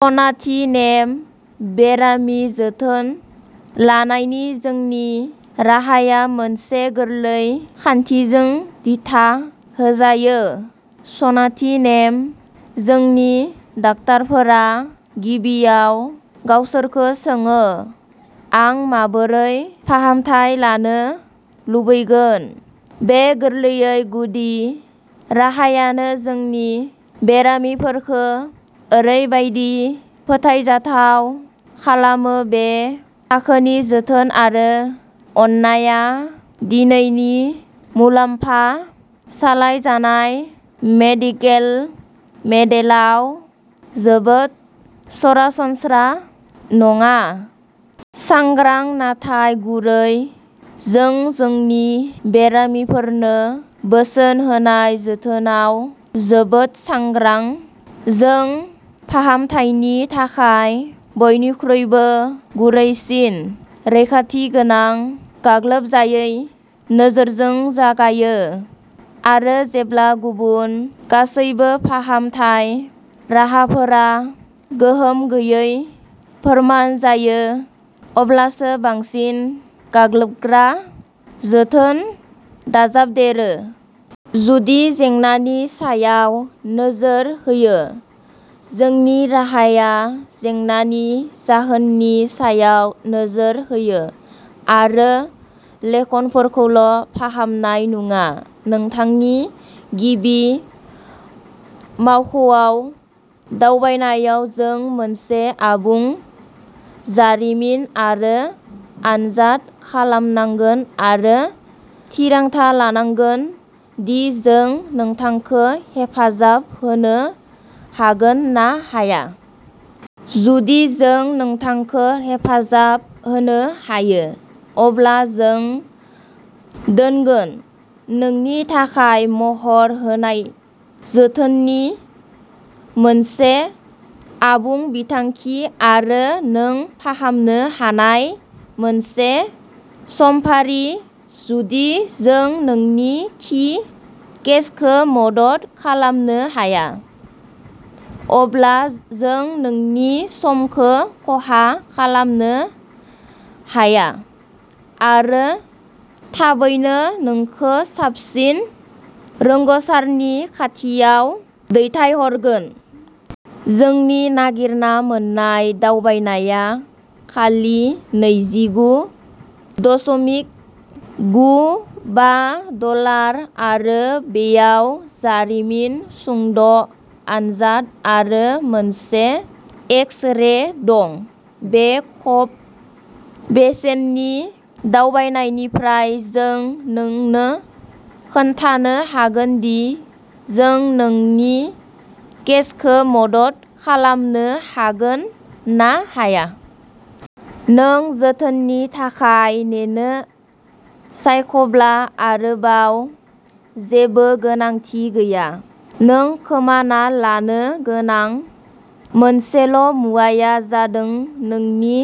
सनाथि नेम। बेरामि जोथोन लानायनि जोंनि राहाया मोनसे गोरलै खान्थिजों दिथा होजायो, सनाथि नेम। जोंनि डाक्टारफोरा गिबियाव गावसोरखौ सोङो, "आं माबोरै फाहामथाय लानो लुबैगोन?" बे गोरलै गुदि राहायानो जोंनि बेरामिफोरखो ओरैबादि फोथायजाथाव खालामो, बे थाखोनि जोथोन आरो अननायआ दिनैनि "मुलाम्फा-सालायजानाय" मेडिकेल मडेलाव जोबोद सरासनस्रा नङा। सांग्रां, नाथाय गुरै। जों जोंनि बेरामिफोरनो बोसोन होनाय जोथोनआव जोबोद सांग्रां। जों फाहामथायनि थाखाय बयनिख्रुइबो गुरैसिन, रैखाथि गोनां गाग्लोबजायै नोजोरजों जागायो आरो जेब्ला गुबुन गासैबो फाहामथाय राहाफोरा गोहोम गैयै फोरमान जायो अब्लासो बांसिन गाग्लोबग्रा जोथोन दाजाबदेरो। गुदि जेंनानि सायाव नोजोर होयो। जोंनि राहाया जेंनानि जाहोननि सायाव नोजोर होयो आरो लेखोनफोरखौल' फाहामनाय नङा। नोंथांनि गिबि मावख'आव दावबायनायाव जों मोनसे आबुं जारिमिन आरो आनजाद खालामनांगोन आरो थिरांथा लानांगोन दि जों नोंथांखौ हेफाजाब होनो हागोन ना हाया। जुदि जों नोंथांखो हेफाजाब होनो हायो, अब्ला जों दोनगोन। नोंनि थाखाय महर होनाय जोथोननि मोनसे आबुं बिथांखि आरो नों फाहामनो हानाय मोनसे समफारि। जुदि जों नोंनि थि केसखो मदद खालामनो हाया अब्ला जों नोंनि समखो खहा खालामनो हाया आरो थाबैनो नोंखो साबसिन रोंग'सारनि खाथियाव दैथायहरगोन। जोंनि नागिरना मोन्नाय दावबायनाया खालि नैजिगु दस'मिक गु बा डलार आरो बेयाव जारिमिन, सुंद' आनजाद आरो मोनसे एक्स-रे दं। बे खब बेसेननि दावबायनायनिफ्राय जों नोंनो खोन्थानो हागोन दि जों नोंनि केसखो मदद खालामनो हागोन ना हाया। नों जोथोननि थाखाय नेनो सायख'ब्ला आरोबाव जेबो गोनांथि गैया। नों खोमाना लानो गोनां मोनसेल' मुवाया जादों नोंनि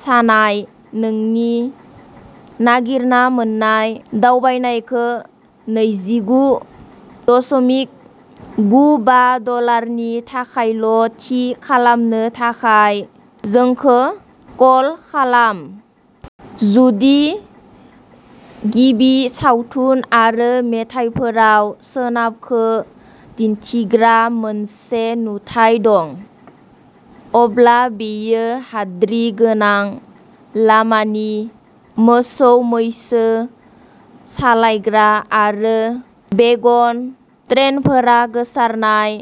सानाय, नोंनि नागिरना मोन्नाय दावबायनायखो नैजिगु दस'मिक गु बा डलार नि थाखायल' थि खालामनो थाखाय जोंखो कल खालाम। जुदि गिबि सावथुन आरो मेथाइफोराव सोनाबखो दिन्थिग्रा मोनसे नुथाइ दं, अब्ला बेयो हाद्रि गोनां लामानि। मोसौ-मैसो सालायग्रा आरो वेगन ट्रेनफोरा गोसारनाय,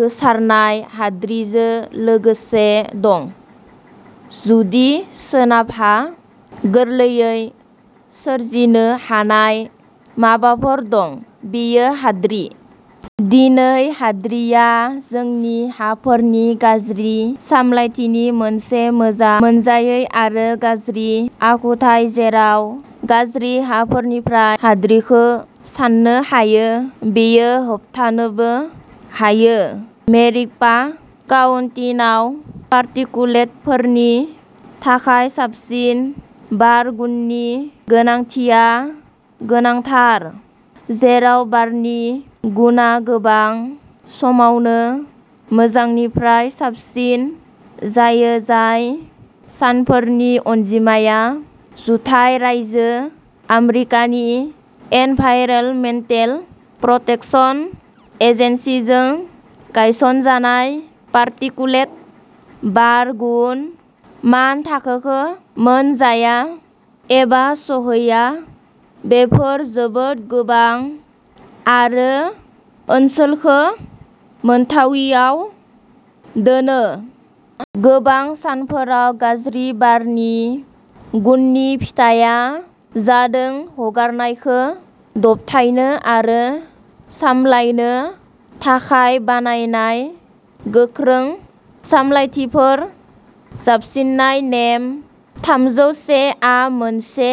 गोसारनाय हाद्रिजों लोगोसे दं। जुदि सोनाबहा गोरलैयै सोरजिनो हानाय माबाफोर दं, बेयो हाद्रि। दिनै, हाद्रि आ जोंनि हाफोरनि गाज्रि सामलायथिनि मोनसे मोजां मोनजायै आरो गाज्रि आखुथाय। जेराव गाज्रि हाफोरनिफ्राय हाद्रिखौ सान्नो हायो, बेयो होबथानोबो हायो। मेरिक'पा काउन्टिआव पार्टिकुलेटफोरनि थाखाय साबसिन बार गुननि गोनांथिआ गोनांथार। जेराव बारनि गुनआ गोबां समावनो मोजांनिफ्राय साबसिन जायो, जाय सानफोरनि अनजिमाया जुथाइ रायजो आमेरिकानि एनभाइरनमेन्टेल प्रटेक्शन एजेन्सि जों गायसनजानाय पार्टिकुलेट बार गुन मान थाखोखौ मोनजाया एबा सौहैया, बेफोर जोबोद गोबां आरो ओनसोलखौ मोनथाविआव दोनो। गोबां सानफोराव गाज्रि बारनि गुननि फिथाइआ जादों हगारनायखो दबथायनो आरो सामलायनो थाखाय बानायनाय गोख्रों सामलायथिफोर जाबसिननाय। नेम थामजौ से आ मोनसे गोनांथार।